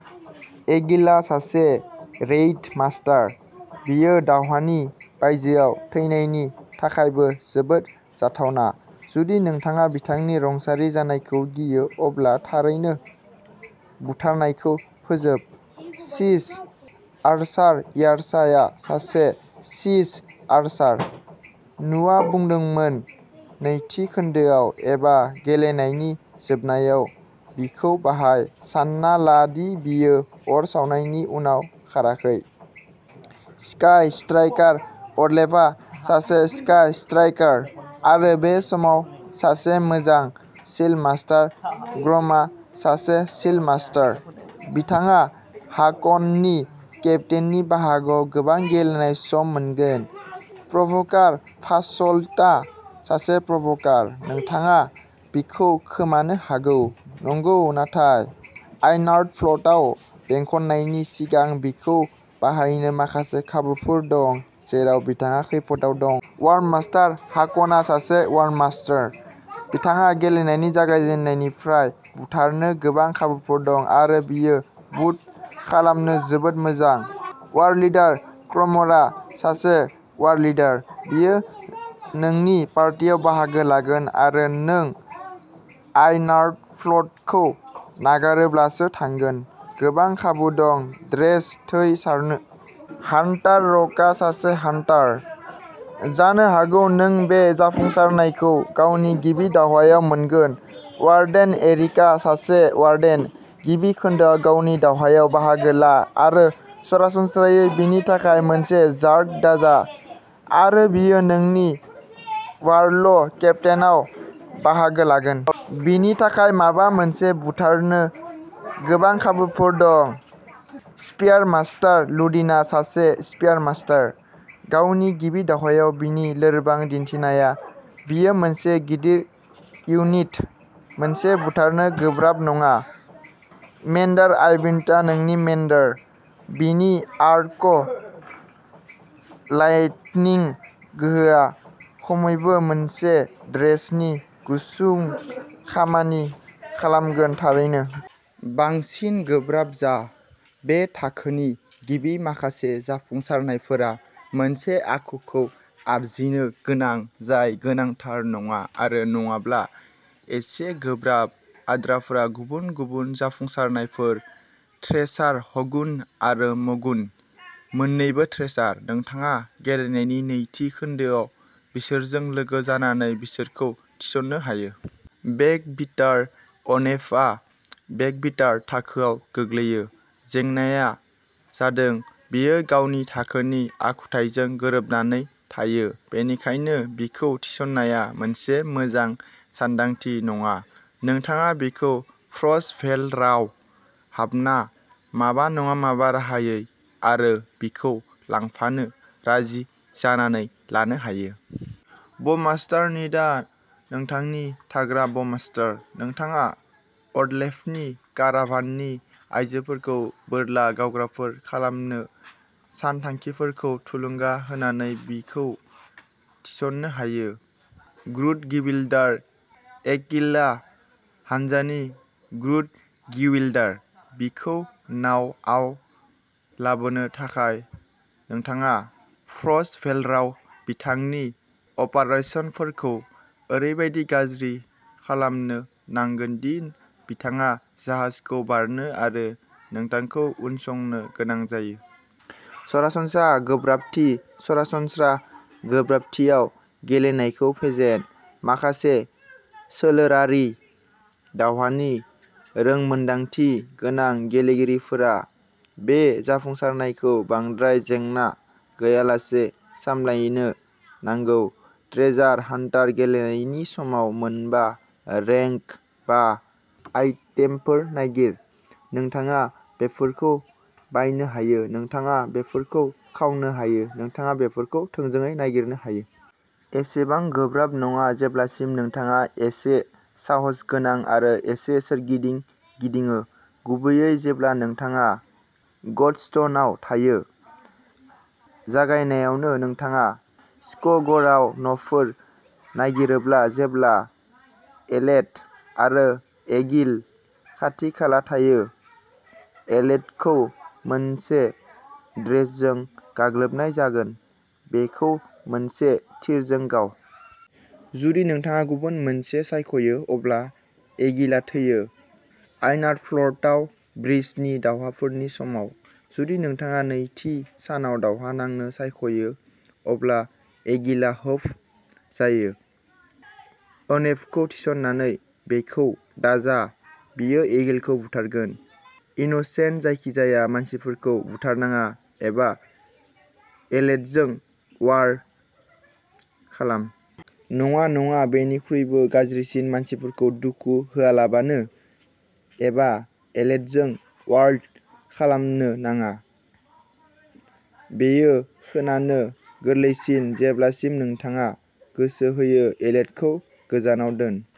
एगिलआ सासे रेइड मास्टार। बियो दावहानि बायजोआव थैनायनि थाखायबो जोबोद जाथावना। जुदि नोंथाङा बिथांनि रुंसारि जानायखौ गियो, अब्ला थाबैनो बुथारनायखौ फोजोब। सीज आर्चार-यर्साआ सासे सीज आर्चार। नुवा बुंदोंमोन नैथि खोन्दोआव एबा गेलेनायनि जोबनायाव बिखौ बाहाय, सान्ना ला दि बियो अर सावनायनि उनाव खाराखै। स्काई स्ट्राइकार-अडलेफआ सासे स्काई स्ट्राइकार, आरो बे समाव सासे मोजां। शील्डमास्टार-मग्रआ सासे शील्डमास्टार। बिथाङा हाकननि केम्पेइननि बाहागोआव गोबां गेलेनाय सम मोनगोन। प्र'भकार-फास'ल्टआ सासे प्र'भकार। नोंथाङा बिखौ खोमानो हागौ नंगौ, नाथाय आइनार्ट'फ्टआव बेंखननायनि सिगां बिखौ बाहायनो माखासे खाबुफोर दं, जेराव बिथाङा खैफोदआव दं। वार्मास्टार-हाक'नआ सासे वार्मास्टार। बिथाङा गेलेनायनि जागायजेन्नायनिफ्राय बुथारनो गोबां खाबुफोर दं, आरो बियो बुट खालामनो जोबोद मोजां। वारलिडार-क्रमरआ सासे वारलिडार। बियो नोंनि पार्टियाव बाहागो लागोन आरो नों आइनार्टफ्लटखौ नागारोब्लासो थांगोन। गोबां खाबु दं ड्रेज थै सारनो। हान्टार-रुकआ सासे हान्टार। जानो हागौ नों बे जाफुंसारनायखौ गावनि गिबि दावहायाव मोनगोन। वार्डेन-एरिकआ सासे वार्डेन। गिबि खोन्दोआव गावनि दावहायाव बाहागो ला आरो सरासनस्रायै बिनि थाखाय मोनसे जार्क दाजा आरो बियो नोंनि वार्ल केम्पेइनआव बाहागो लागोन। बिनि थाखाय माबा मोनसे बुथारनो गोबां खाबुफोर दं। स्पियारमास्टार-लुडिनआ सासे स्पियारमास्टार। गावनि गिबि दावहायाव बिनि लोरबां दिन्थिनाया, बियो मोनसे गिदिर इउनिट। मोनसे बुथारनो गोब्राब नङा। मेन्डार-आइविन्डआ नोंनि मेन्डार। बिनि आर्क लाइटनिं गोहोआ खमैबो मोनसे ड्रेजनि गुसुं खामानि खालामगोन, थारैनो। बांसिन गोब्राब जा। बे थाखोनि गिबि माखासे जाफुंसारनायफोरा मोनसे आखुखौ आरजिनो गोनां, जाय गोनांथार नङा, आरो नङाब्ला एसे गोब्राब। आद्राफोरा गुबुन गुबुन जाफुंसारनायफोर। थ्रेसार-हगुन आरो मगुन मोननैबो थ्रेसार। नोंथाङा गेलेनायनि नैथि खोन्दोआव बिसोरजों लोगो जानानै बिसोरखौ थिसननो हायो। बेकबिटार-ओनेफआ बेकबिटार थाखोआव गोग्लैयो। जेंनाआ जादों, बियो गावनि थाखोनि आखुथाइजों गोरोबनानै थायो, बेनिखायनो बिखौ थिसननाया मोनसे मोजां सानदांथि नङा। नोंथाङा बिखौ फ्रस्टभेलराव हाबना, माबा नङा माबा राहायै, आरो बिखौ लांफानो राजि जानानै लानो हायो। ब'मास्टार-निडआ नोंथांनि थाग्रा ब'मास्टार। नोंथाङा अडलेफनि काराभाननि आयजोफोरखौ बोरला गावग्राफोर खालामनो सानथांखिफोरखौ थुलुंगा होनानै बिखौ थिसननो हायो। ग्रुडगिविल्डार-एककिलआ हानजानि ग्रुडगिविल्डार। बिखौ नावआव लाबोनो थाखाय नोंथाङा फ्रस्टभेलराव बिथांनि अपारेसनफोरखौ ओरैबायदि गाज्रि खालामनो नांगोन दि बिथाङा जाहाजखौ बारनो आरो नोंथांखौ उनसंनो गोनां जायो। सरासनस्रा गोब्राबथि-सरासनस्रा गोब्राबथियाव गेलेनायखौ फेजेन। माखासे सोलोआरि दावहानि रोंमोनदांथि गोनां गेलेगिरिफोरा बे जाफुंसारनायखौ बांद्राय जेंना गैयालासे सामलायनो नांगौ। ट्रेजार हान्टार-गेलेनायनि समाव मोनबा रेंक बा आइटेमफोर नागिर। नोंथाङा बेफोरखौ बायनो हायो, नोंथाङा बेफोरखौ खावनो हायो, नोंथाङा बेफोरखौ थोंजोङै नागिरनो हायो। एसेबां गोब्राब नङा जेब्लासिम नोंथाङा एसे साहसगोनां आरो एसे सोरगिदिं गिदिङो, गुबैयै जेब्ला नोंथाङा गडस्टोनआव थायो। जागायनायावनो। नोंथाङा स्क'गरआव न'फोर नागिरोब्ला जेब्ला एलेट आरो एगिल खाथि-खाला थायो, एलेटखौ मोनसे ड्रेजजों गाग्लोबनाय जागोन। बेखौ मोनसे थिरजों गाव। जुदि नोंथाङा गुबुन मोनसे सायख'यो, अब्ला एगिलआ थैयो। आइनार्टफ्टआव ब्रिजनि दावहाफोरनि समाव। जुदि नोंथाङा नैथि सानाव दावहा नांनो सायख'यो, अब्ला एगिलआ होफ जायो। ओनेफखौ थिसननानै। बेखौ दाजा बियो एगिलखौ बुथारगोन। इनोसेन्ट-जायखिजाया मानसिफोरखौ बुथारनाङा एबा एलेटजों वार्ल खालाम। नङा, नङा, बेनिख्रुइबो गाज्रिसिन-मानसिफोरखौ दुखु होआलाबानो एबा एलेटजों वार्ल खालामनो नाङा। बेयो खोनानो गोरलैसिन, जेब्लासिम नोंथाङा गोसो होयो एलेटखौ गोजानाव दोन।